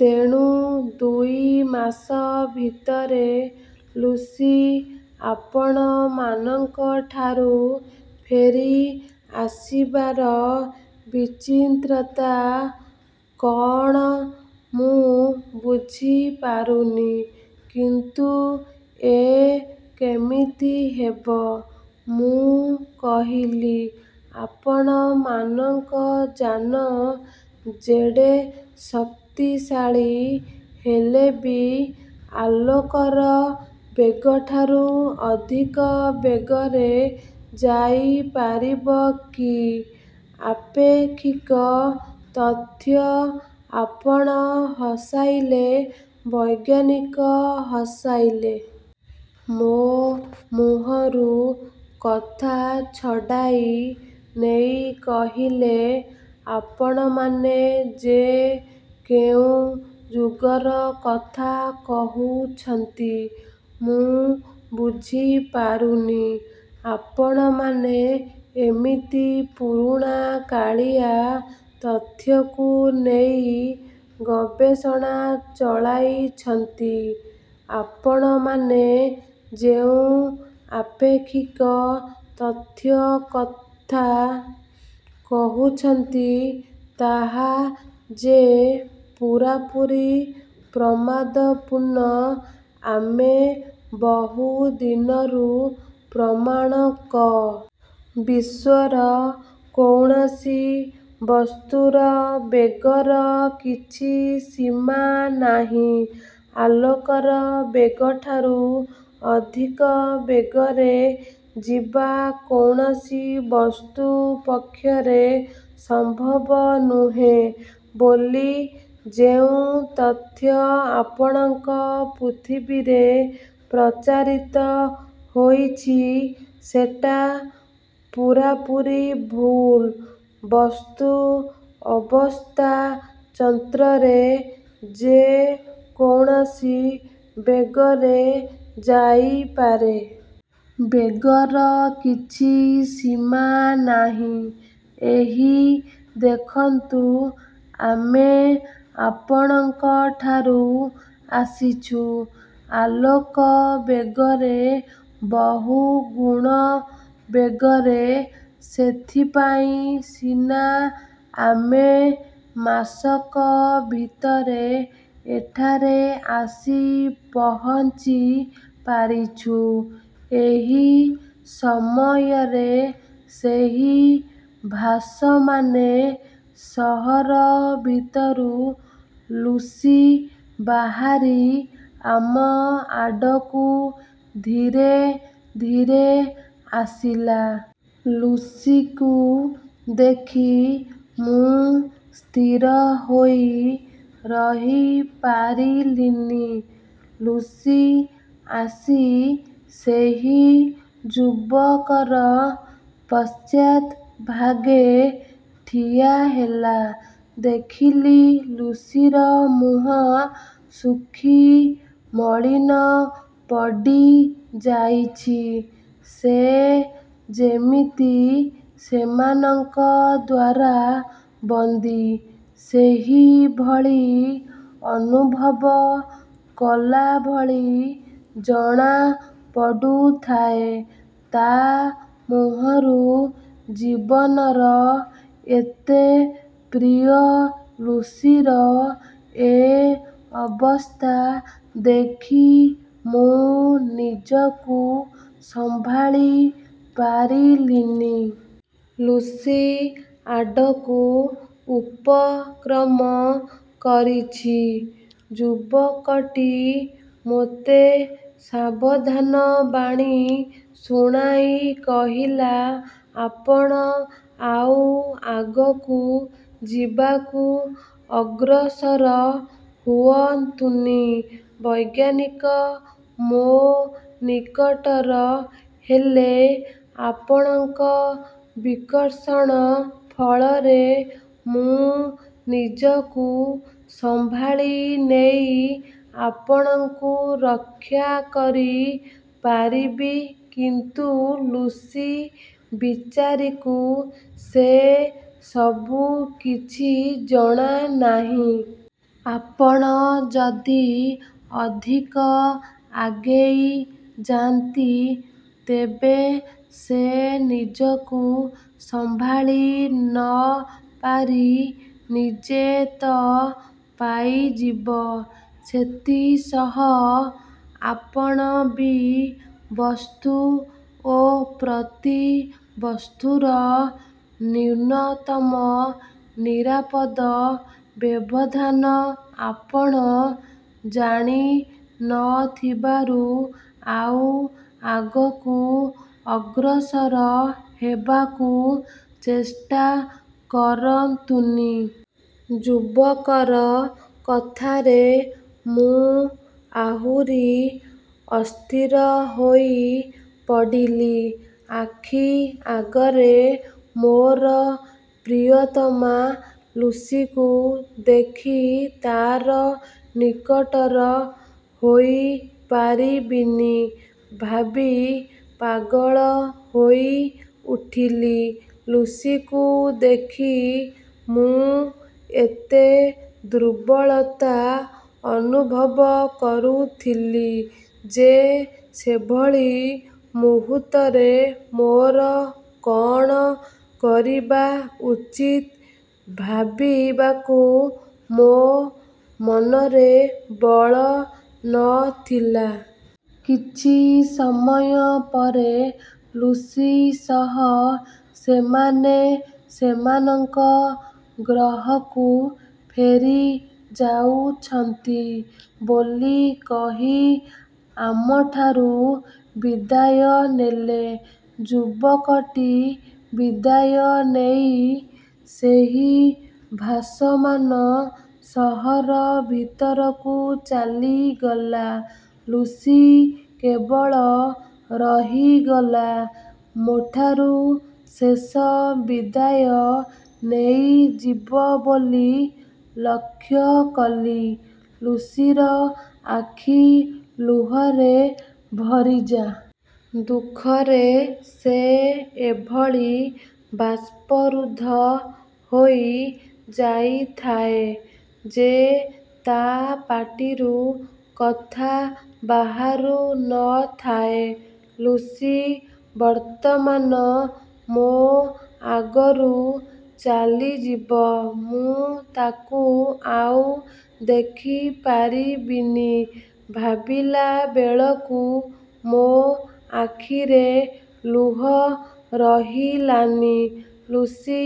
ତେଣୁ ଦୁଇ ମାସ ଭିତରେ ଲୁସି ଆପଣମାନଙ୍କଠାରୁ ଫେରି ଆସିବାର ବିଚିନ୍ତ୍ରତା କଅଣ ମୁଁ ବୁଝି ପାରୁନି। କିନ୍ତୁ ଏ କେମିତି ହେବ? ମୁଁ କହିଲି, 'ଆପଣମାନଙ୍କ ଯାନ ଯେଡ଼େ ଶକ୍ତିଶାଳୀ ହେଲେ ବି ଆଲୋକର ବେଗଠାରୁ ଅଧିକ ବେଗରେ ଯାଇପାରିବ କି? ଆପେକ୍ଷିକ ତଥ୍ୟ ଆପଣ ହସାଇଲେ ବୈଜ୍ଞାନିକ ହସାଇଲେ। ମୋ ମୁହଁରୁ କଥା ଛଡ଼ାଇ ନେଇ କହିଲେ, ଆପଣମାନେ ଯେ କେଉଁ ଯୁଗର କଥା କହୁଛନ୍ତି, ମୁଁ ବୁଝି ପାରୁନି। ଆପଣମାନେ ଏମିତି ପୁରୁଣାକାଳିଆ ତଥ୍ୟକୁ ନେଇ ଗବେଷଣା ଚଳାଇଛନ୍ତି। ଆପଣମାନେ ଯେଉଁ ଆପେକ୍ଷିକ ତଥ୍ୟ କଥା କହୁଛନ୍ତି, ତାହା ଯେ ପୂରାପୂରି ପ୍ରମାଦପୂର୍ଣ୍ଣ ଆମେ ବହୁ ଦିନରୁ ପ୍ରମାଣ କରି ସାରିଲୁଣି। ବିଶ୍ୱର କୌଣସି ବସ୍ତୁର ବେଗର କିଛି ସୀମା ନାହିଁ। ଆଲୋକର ବେଗଠାରୁ ଅଧିକ ବେଗରେ ଯିବା କୌଣସି ବସ୍ତୁ ପକ୍ଷରେ ସମ୍ଭବ ନୁହେଁ ବୋଲି ଯେଉଁ ତଥ୍ୟ ଆପଣଙ୍କ ପୃଥିବୀରେ ପ୍ରଚାରିତ ହୋଇଛି, ସେଟା ପୂରାପୂରି ଭୁଲ୍। ବସ୍ତୁ ଅବସ୍ଥାଚନ୍ତ୍ରରେ ଯେ କୌଣସି ବେଗରେ ଯାଇପାରେ। ବେଗର କିଛି ସୀମା ନାହିଁ। ଏହି ଦେଖନ୍ତୁ, ଆମେ ଆପଣଙ୍କଠାକୁ ଆସିଛୁ, ଆଲୋକବେଗରେ ବହୁ ଗୁଣ ବେଗରେ। ସେଥିପାଇଁ ସିନା ଆମେ ମାସକ ଭିତରେ ଏଠାରେ ଆସି ପହଞ୍ଚି ପାରିଛୁ। ଏହି ସମୟରେ ସେହି ଭାସମାନେ ସହର ଭିତରୁ ଲୁସି ବାହାରି ଆମ ଆଡ଼କୁ ଧୀରେ ଧୀରେ ଆସିଲା। ଲୁସିକୁ ଦେଖି ମୁଁ ସ୍ଥିର ହୋଇ ରହିପାରିଲିନି। ଲୁସି ଆସି ସେହି ଯୁବକର ପଶ୍ଚାତ୍ ଭାଗେ ଠିଆହେଲା। ଦେଖିଲି ଲୁସିର ମୁହଁ ଶୁଖି ମଳିନ ପଡ଼ିଯାଇଛି। ସେ ଯେମିତି ସେମାନଙ୍କ ଦ୍ୱାରା ବନ୍ଦୀ, ସେହିଭଳି ଅନୁଭବ କଲା ଭଳି ଜଣା ପଡ଼ୁଥାଏ ତା ମୁହଁରୁ। ଜୀବନର ଏତେ ପ୍ରିୟ ଲୁସିର ଏ ଅବସ୍ଥା ଦେଖି ମୁଁ ନିଜକୁ ସମ୍ଭାଳି ପାରିଲିନି। ଲୁସି ଆଡ଼କୁ ଉପକ୍ରମ କରିଛି, ଯୁବକଟି ମୋତେ ସାବଧାନବାଣୀ ଶୁଣାଇ କହିଲା, 'ଆପଣ ଆଉ ଆଗକୁ ଯିବାକୁ ଅଗ୍ରସର ହୁଅନ୍ତୁନି ବୈଜ୍ଞାନିକ, ମୋ ନିକଟର ହେଲେ ଆପଣଙ୍କ ବିକର୍ଷଣ ଫଳରେ ମୁଁ ନିଜକୁ ସମ୍ଭାଳି ନେଇ ଆପଣଙ୍କୁ ରକ୍ଷା କରି ପାରିବି କିନ୍ତୁ ଲୁସି ବିଚାରୀକୁ ସେ ସବୁ କିଛି ଜଣା ନାହିଁ। ଆପଣ ଯଦି ଅଧିକ ଆଗେଇ ଯାନ୍ତି, ତେବେ ସେ ନିଜକୁ ସମ୍ଭାଳି ନ ପାରି ନିଜେ ତ ପାଇଯିବ ସେଥିସହ ଆପଣ ବି। ବସ୍ତୁ ଓ ପ୍ରତି ବସ୍ତୁର ନ୍ୟୂନତମ ନିରାପଦ ବ୍ୟବଧାନ ଆପଣ ଜାଣି ନ ଥିବାରୁ ଆଉ ଆଗକୁ ଅଗ୍ରସର ହେବାକୁ ଚେଷ୍ଟା କରନ୍ତୁନି। ଯୁବକର କଥାରେ ମୁଁ ଆହୁରି ଅସ୍ଥିର ହୋଇ ପଡ଼ିଲି। ଆଖି ଆଗରେ ମୋର ପ୍ରିୟତମା ଲୁସିକୁ ଦେଖି ତା'ର ନିକଟର ହୋଇପାରିବିନି ଭାବି ପାଗଳ ହୋଇଉଠିଲି? ଲୁସିକୁ ଦେଖି ମୁଁ ଏତେ ଦୁର୍ବଳତା ଅନୁଭବ କରୁଥିଲି ଯେ ସେଭଳି ମୁହୂର୍ତ୍ତରେ ମୋର କ'ଣ କରିବା ଉଚିତ୍ ଭାବିବାକୁ ମୋ ମନରେ ବଳ ନ ଥିଲା। କିଛି ସମୟ ପରେ ଲୁସି ସହ ସେମାନେ ସେମାନଙ୍କ ଗ୍ରହକୁ ଫେରି ଯାଉଛନ୍ତି ବୋଲି କହି ଆମଠାରୁ ବିଦାୟ ନେଲେ। ଯୁବକଟି ବିଦାୟ ନେଇ ସେହି ଭାସମାନ ସହର ଭିତରକୁ ଚାଲିଗଲା। ଲୁସି କେବଳ ରହିଗଲା ମୋଠାରୁ ଶେଷ ବିଦାୟ ନେଇ ଯିବ ବୋଲି। ଲକ୍ଷ୍ୟ କଲି, ଲୁସିର ଆଖି ଲୁହରେ ଭରିଯାଇଛି। ଦୁଃଖରେ ସେ ଏଭଳି ବାଷ୍ପରୁଦ୍ଧ ହୋଇ ଯାଇଥାଏ ଯେ ତା ପାଟିରୁ କଥା ବାହାରୁ ନ ଥାଏ। ଲୁସି ବର୍ତ୍ତମାନ ମୋ ଆଗରୁ ଚାଲିଯିବ, ମୁଁ ତାକୁ ଆଉ ଦେଖିପାରିବିନି, ଭାବିଲାବେଳକୁ ମୋ ଆଖିରେ ଲୁହ ରହିଲାନି। ଲୁସି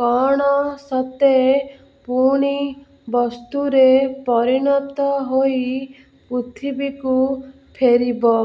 କ'ଣ ସତେ ପୁଣି ବସ୍ତୁରେ ପରିଣତ ହୋଇ ପୃଥିବୀକୁ ଫେରିବ,